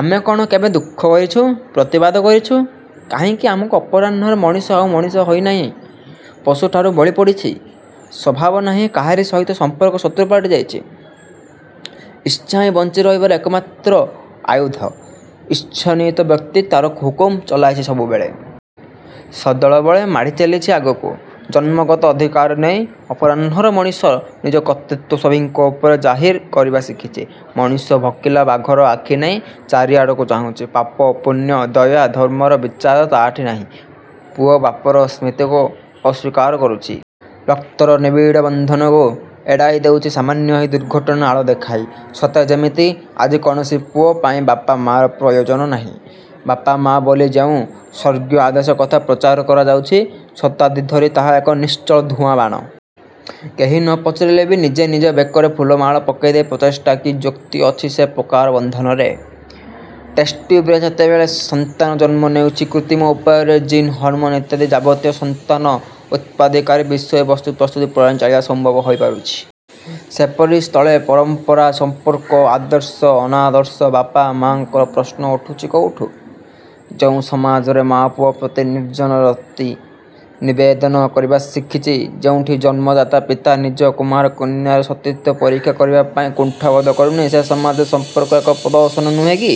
ଆମେ କ'ଣ କେବେ ଦୁଃଖ କରିଛୁ? ପ୍ରତିବାଦ କରିଛୁ? କାହିଁକି ଆମକୁ। ଅପରାହ୍ନର ମଣିଷ ଆଉ ମଣିଷ ହୋଇ ନାହିଁ। ପଶୁଠାରୁ ବଳି ପଡ଼ିଛି। ସଦ୍ଭାବ ନାହିଁ କାହାରି ସହିତ। 'ସମ୍ପର୍କ' ଶତ୍ରୁ ପାଲଟି ଯାଇଛି। ଈର୍ଷାହିଁ ବଞ୍ଚି ରହିବାର ଏକମାତ୍ର ଆୟୁଧ। ଈର୍ଷାନ୍ୱିତ ବ୍ୟକ୍ତି ତା'ର ହୁକୁମ ଚଳାଇଛି ସବୁବେଳେ। ସଦଳବଳେ ମାଡ଼ି ଚାଲିଛି ଆଗକୁ। ଜନ୍ମଗତ ଅଧିକାର ନେଇ ଅପରାହ୍ନର ମଣିଷ ନିଜ କର୍ତ୍ତୃତ୍ୱ ସଭିଙ୍କ ଉପରେ ଜାହିର କରିବା ଶିଖିଛି। ମଣିଷ ଭୋକିଲା ବାଘର ଆଖି ନେଇ ଚାରିଆଡ଼କୁ ଚାହୁଁଛି। ପାପ, ପୁଣ୍ୟ, ଦୟା, ଧର୍ମର ବିଚାର ତା'ଠି ନାହିଁ। ପୁଅ ବାପର ସ୍ଥିତିକୁ ଅସ୍ୱୀକାର କରୁଛି। ରକ୍ତର ନିବିଡ଼ ବନ୍ଧନକୁ ଏଡ଼ାଇ ଦେଉଛି ସାମାନ୍ୟ ଏକ ଦୁର୍ଘଟଣାର ଆଳ ଦେଖାଇ। ସତେ ଯେମିତି ଆଜି କୌଣସି ପୁଅ ପାଇଁ ବାପ ମା'ର ପ୍ରୟୋଜନ ନାହିଁ। ବାପ, ମା ବୋଲି ଯେଉଁ ସ୍ୱର୍ଗୀୟ ଆଦର୍ଶ କଥା ପ୍ରଚାର କରାଯାଇଛି, ଶତାବ୍ଦୀ ଧରି ତାହା ଏକ ନିଚ୍ଛକ ଧୂଆଁ ବାଣ। କେହି ନ ପଚାରିଲେ ବି ନିଜେ ନିଜେ ବେକରେ ଫୁଲମାଳ ପକେଇବାର ପ୍ରଚେଷ୍ଟା। କି ଯୁକ୍ତି ଅଛି ସେ ପ୍ରକାର ବନ୍ଧନରେ? ଟେଷ୍ଟଟ୍ୟୁବ୍ରୁ ଯେତେବେଳେ ସନ୍ତାନ ଜନ୍ମ ନେଉଛି। କୃତ୍ରିମ ଉପାୟରେ ଜିନ୍ ହରମୋନ୍ ଇତ୍ୟାଦି ଯାବତୀୟ ସନ୍ତାନ ଉତ୍ପାଦନକାରୀ ବିଷୟବସ୍ତୁର ପ୍ରସ୍ତୁତି ପ୍ରଣାଳୀ ସମ୍ଭବ ହୋଇ ପାରୁଚି। ସେପରି ସ୍ଥଳେ ପରମ୍ପରା, ସମ୍ପର୍କ, ଆଦର୍ଶ, ଅନାଦର୍ଶ, ବାପ, ମାଙ୍କର ପ୍ରଶ୍ନ ଉଠୁଛି କେଉଁଠି? ଯେଉଁ ସମାଜରେ ମା' ପୁଅ ପ୍ରତି ନିର୍ଲଜ୍ଜ ରତି ନିବେଦନ କରିବା ଶିଖିଛି, ଯେଉଁଠି ଜନ୍ମଦାତା ପିତା ନିଜ କୁମାରୀ କନ୍ୟାର ସତୀତ୍ୱ ପରୀକ୍ଷା କରିବା ପାଇଁ କୁଣ୍ଠାବୋଧ କରୁନି, ସେ ସମାଜରେ ସମ୍ପର୍କ ଏକ ପ୍ରହସନ ନୁହେଁ କି?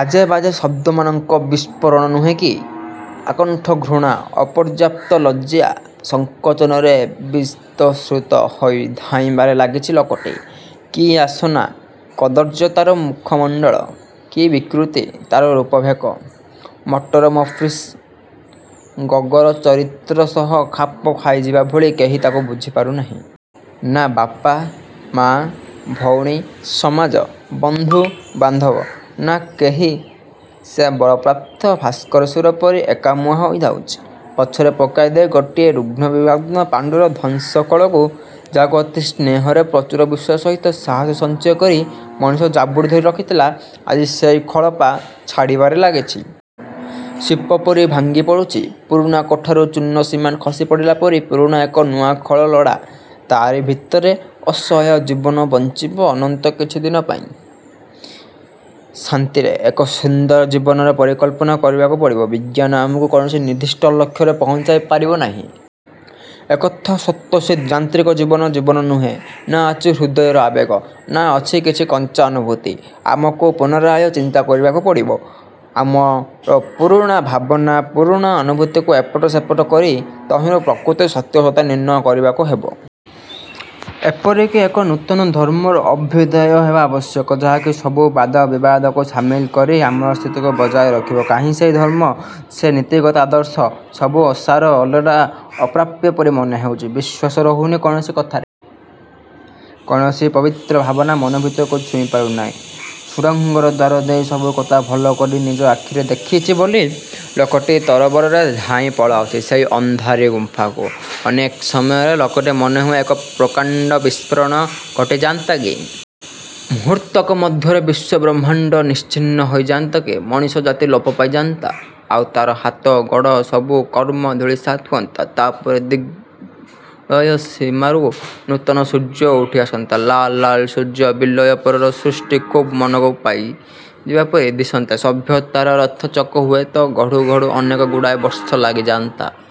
ଆଜେବାଜେ ଶବ୍ଦମାନଙ୍କର ବିସ୍ଫୋରଣ ନୁହେଁ କି? ଆକଣ୍ଠ ଘୃଣା, ଅପର୍ଯ୍ୟାପ୍ତ ଲଜ୍ଜା, ସଂକୋଚରେ ବୀତସ୍ପୃହ ହୋଇ ଧାଇଁବାରେ ଲାଗିଛି ଲୋକଟି। କି ଅସନା କଦର୍ଯ୍ୟ ତା'ର ମୁଖମଣ୍ଡଳ। କି ବିକୃତ ତା'ର ରୂପଭେକ। ମେଟାମରଫୋସିସ୍ର 'ଗେଗୋର' ଚରିତ୍ର ସହ ଖାପ ଖାଇଯିବା ଭଳି। କେହି ତାକୁ ବୁଝିପାରୁ ନାହିଁ। ନା ବାପ, ମା, ଭଉଣୀ, ସମାଜ, ବନ୍ଧୁ ବାନ୍ଧବ! ନାଁ କେହି। ସେ ବରପ୍ରାପ୍ତ ଭସ୍ମାସୁର ପରି ଏକମୁହାଁ ହୋଇ ଧାଉଁଛି। ପଛରେ ପକାଇ ଦେଇ ଗୋଟିଏ ରୁଗ୍ଣ ବିବର୍ଣ୍ଣ ପାଣ୍ତୁର ଧ୍ୱଂସର ଖୋଳକୁ। ଯାହାକୁ ଅତି ସ୍ନେହରେ, ପ୍ରଚୁର ବିଶ୍ୱାସ ସହିତ ସାହାସ ସଞ୍ଚୟ କରି ମଣିଷ ଜାବୁଡ଼ି ଧରି ରଖିଥିଲା, ଆଜି ସେଇ ଖୋଳପା ଛାଡ଼ିବାରେ ଲାଗିଛି। ଶିପ ପରି ଭାଙ୍ଗି ପଡ଼ୁଛି। ପୁରୁଣା କୋଠରୁ ଚୂନ ସିମେଣ୍ଟ ଖସି ପଡ଼ିଲା ପରି। ପୁଣି ଏକ ନୂଆ ଖୋଳ ଲୋଡ଼ା। ତା'ରି ଭିତରେ ଅସହାୟ ଜୀବଟି ବଞ୍ଚିଯିବ ଅନ୍ତତଃ କିଛି ଦିନପାଇଁ ଶାନ୍ତିରେ। ଏକ ସୁନ୍ଦର ଜୀବନର ପରିକଳ୍ପନା କରିବାକୁ ପଡ଼ିବ। ବିଜ୍ଞାନ ଆମକୁ କୌଣସି ନିର୍ଦ୍ଦିଷ୍ଟ ଲକ୍ଷ୍ୟରେ ପହଞ୍ଚାଇ ପାରିବ ନାହିଁ। ଏକଥା ସ୍ୱତଃସିଦ୍ଧ। ଯାନ୍ତ୍ରିକ ଜୀବନ ଜୀବନ ନୁହେଁ। ନାଁ ଅଛି ହୃଦୟର ଆବେଗ, ନାଁ ଅଛି କିଛି କଞ୍ଚା ଅନୁଭୂତି। ଆମକୁ ପୁନରାୟ ଚିନ୍ତା କରିବାକୁ ପଡ଼ିବ। ଆମର ପୁରୁଣା ଭାବନା, ପୁରୁଣା ଅନୁଭୂତିକୁ ଏପଟ ସେପଟ କରି ତହିଁରୁ ପ୍ରକୃତ ସତ୍ୟାସତ୍ୟ ନିର୍ଣ୍ଣୟ କରିବାକୁ ହେବ। ''' ଏପରିକି ଏକ ନୂତନ ଧର୍ମର ଅଭ୍ୟୁଦୟ ହେବା ଆବଶ୍ୟକ, ଯାହାକି ସବୁ ବାଦ, ବିସମ୍ବାଦକୁ ସାମିଲ କରି ଆମର ସ୍ଥିତିକୁ ବଜାୟ ରଖିବ। କାହିଁ ସେ ଧର୍ମ? ସେ ନୀତିଗତ ଆଦର୍ଶ? ସବୁ ଅସାର, ଅଲୋଡ଼ା ଅପ୍ରାପ୍ୟ ପରି ମନେ ହେଉଛି। ବିଶ୍ୱାସ ରହୁନି କୌଣସି କଥାରେ। କୌଣସି ପବିତ୍ର ଭାବନା ମନ ଭିତରକୁ ଛୁଇଁ ପାରୁନି। ସୁଡ଼ଙ୍ଗର ଦ୍ୱାର ଦେଇ ସବୁକଥା ଭଲ କରି ନିଜ ଆଖିରେ ଦେଖିଚି ବୋଲି, ଲୋକଟି ତରବରରେ ଧାଇଁ ପଳାଉଛି ସେଇ ଅନ୍ଧାରୀ ଗୁମ୍ଫାକୁ। ଅନେକ ସମୟରେ ଲୋକଟିର ମନେହୁଏ, ଏକ ପ୍ରକାଣ୍ଡ ବିସ୍ଫୋରଣ କଟିଯାନ୍ତା କି! ମୁହୂର୍ତ୍ତକ ମଧ୍ୟରେ ବିଶ୍ୱ-ବ୍ରହ୍ମାଣ୍ଡ ନିଶ୍ଚିହ୍ନ ହୋଇଯାନ୍ତା କି! ମଣିଷ ଜାତି ଲୋପ ପାଇଯାନ୍ତା। ଆଉ ତା'ର ହାତଗଢ଼ା ସବୁ କର୍ମ ଧୂଳିସାତ୍ ହୁଅନ୍ତା। ତା'ପରେ ଦିଗ୍ବଳୟର ସୀମାରୁ ନୂତନ ସୂର୍ଯ୍ୟ ଉଠି ଆସନ୍ତା। ଲାଲ୍ ଲାଲ୍ ସୂର୍ଯ୍ୟ। ବିଲୟ ପରର ସୃଷ୍ଟି ଖୁବ୍ ମନକୁ ପାଇଯିବା ପରି ଦିଶନ୍ତା। ସଭ୍ୟତାର ରଥ ଚକ ହୁଏତ ଗଢ଼ୁ ଗଢ଼ୁ ଅନେକଗୁଡ଼ାଏ ବର୍ଷ ଲାଗିଯାନ୍ତା।